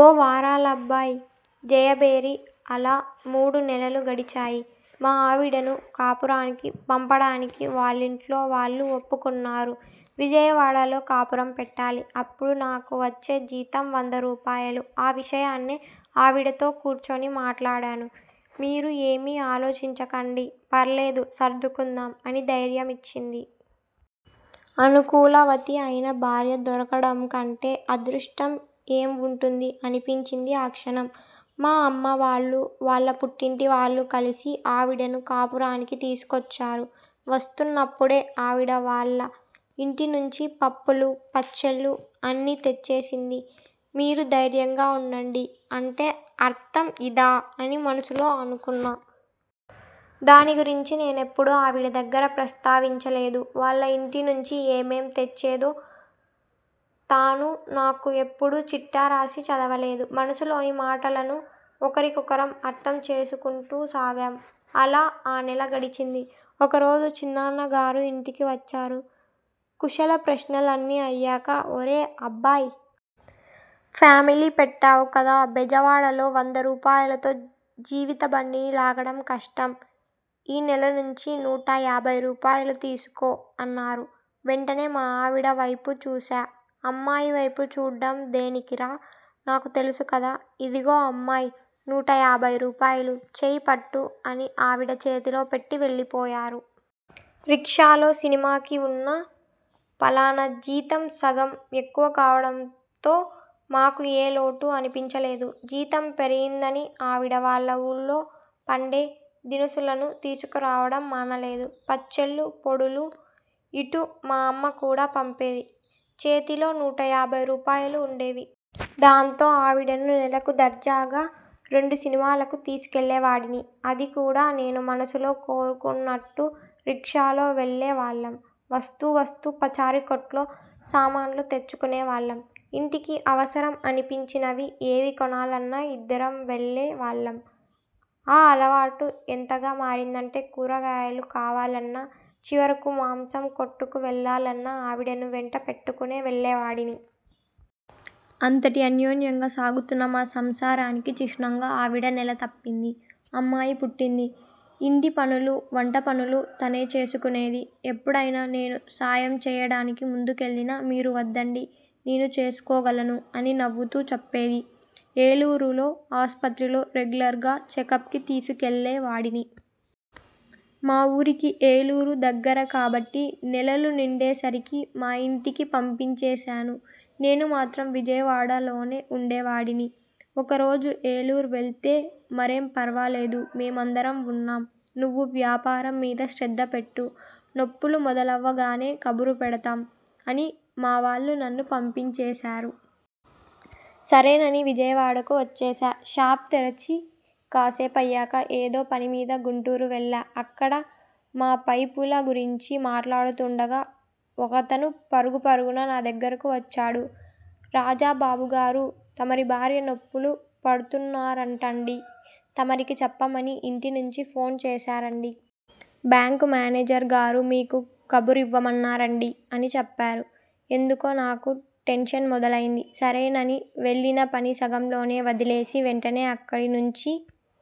ఓ వారాలబ్బాయి జయభేరి అలా మూడు నెలలూ గడిచాయి. మా ఆవిడను కాపురానికి పంపడానికి వాళ్లింట్లో వాళ్లు ఒప్పుకున్నారు. విజయవాడలో కాపురం పెట్టాలి. అప్పుడు నాకు వచ్చే జీతం వంద రూపాయలు. ఆ విషయాన్నే ఆవిడతో కూర్చుని మాట్లాడాను. 'మీరు ఏమీ ఆలోచించకండి, ఫర్లేదు సర్దుకుందాం' అని ధైర్యమిచ్చింది. అనుకూలవతి అయిన భార్య దొరకడంకంటే అదృష్టం ఏం ఉంటుంది? అనిపించింది ఆ క్షణం. మా అమ్మావాళ్లు, వాళ్ల పుట్టింటి వాళ్లు కలిసి ఆవిడను కాపురానికి తీసుకొచ్చారు. వస్తున్నప్పుడే ఆవిడ వాళ్ల ఇంటి నుంచి పప్పులు, పచ్చళ్లు అన్నీ తెచ్చేసింది. 'మీరు ధైర్యంగా ఉండండి' అంటే అర్థం ఇదా అని మనసులో అనుకున్నా. దాని గురించి నేనెప్పుడూ ఆవిడ దగ్గర ప్రస్తావించలేదు. వాళ్ల ఇంటి నుంచి ఏమేం తెచ్చేదో తానూ నాకు ఎప్పుడూ చిట్టా రాసి చదవలేదు. మనసులోని మాటలను ఒకరికొకరం అర్థం చేసుకుంటూ సాగాం. అలా ఆ నెల గడిచింది. ఒకరోజు చిన్నాన్న గారు ఇంటికి వచ్చారు. కుశల ప్రశ్నలన్నీ అయ్యాక 'ఒరే అబ్బాయ్.. ఫ్యామిలీ పెట్టావు కదా. బెజవాడలో వంద రూపాయలతో జీవిత బండిని లాగడం కష్టం. ఈ నెల నుంచి నూట యాభై రూపాయలు తీసుకో' అన్నారు. వెంటనే మా ఆవిడవైపు చూశా. 'అమ్మాయి వైపు చూడ్డం దేనికిరా? నాకు తెలుసు కదా. ఇదిగో అమ్మాయి నూట యాభై రూపాయలు, చెయ్యిపట్టు' అని ఆవిడ చేతిలో పెట్టి వెళ్లిపోయారు. రిక్షాలో సినిమాకి ఉన్న పళాన జీతం సగం ఎక్కువ కావడంతో మాకు ఏ లోటూ అనిపించలేదు. జీతం పెరిగిందని ఆవిడ వాళ్ల ఊళ్లో పండే దినుసులను తీసుకురావడం మానలేదు. పచ్చళ్లు, పొడులు, ఇటు మా అమ్మ కూడా పంపేది. చేతిలో నూట యాభై రూపాయలు ఉండేవి. దాంతో ఆవిడను నెలకు దర్జాగా రెండు సినిమాలకు తీసుకెళ్లే వాడిని. అది కూడా నేను మనసులో కోరుకున్నట్టు రిక్షాలో వెళ్లే వాళ్లం. వస్తూ వస్తూ పచారీ కొట్లో సామాన్లు తెచ్చుకునే వాళ్లం. ఇంటికి అవసరం అనిపించినవి ఏవి కొనాలన్నా ఇద్దరం వెళ్లే వాళ్లం. ఆ అలవాటు ఎంతగా మారిందంటే కూరగాయలు కావాలన్నా, చివరకు మాంసం కొట్టుకు వెళ్లాలన్నా ఆవిడను వెంట పెట్టుకునే వెళ్లేవాడిని. అంతటి అన్యోన్యంగా సాగుతున్న మా సంసారానికి చిహ్నంగా ఆవిడ నెల తప్పింది. అమ్మాయి పుట్టింది! ఇంటి పనులూ, వంట పనులూ తనే చేసుకునేది. ఎప్పుడైనా నేను సాయం చేయడానికి ముందుకెళ్లినా 'మీరు వద్దండి. నేను చేసుకోగలను' అని నవ్వుతూ చెప్పేది. ఏలూరులో ఆసుపత్రిలో రెగ్యులర్గా చెకప్కి తీసుకెళ్లే వాడిని. మా ఊరికి ఏలూరు దగ్గర కాబట్టి నెలలు నిండే సరికి మా ఇంటికి పంపించేశాను. నేను మాత్రం విజయవాడలోనే ఉండేవాడిని. ఒకరోజు ఏలూరు వెళ్తే, 'మరేం ఫర్వాలేదు. మేమందరం ఉన్నాం. నువ్వు వ్యాపారం మీద శ్రద్ధ పెట్టు. నొప్పులు మొదలవగానే కబురుపెడతాం' అని మావాళ్లు నన్ను పంపించేశారు. సరేనని విజయవాడకు వచ్చేశా. షాప్ తెరిచి కాసేపయ్యాక ఏదో పని మీద గుంటూరు వెళ్లా. అక్కడ మా పైపుల గురించి మాట్లాడుతుండగా ఒకతను పరుగు పరుగున నా దగ్గరకు వచ్చాడు. 'రాజ బాబు గారూ.. తమరి భార్య నొప్పులు పడుతున్నారంటండీ. తమరికి చెప్పమని ఇంటి నుంచి ఫోను చేశారండీ. బ్యాంకు మేనేజర్గారు మీకు కబురివ్వమన్నారండీ' అని చెప్పారు. ఎందుకో నాకు టెన్షన్ మొదలైంది. సరేనని వెళ్లిన పని సగంలోనే వదిలేసి, వెంటనే అక్కడినుంచి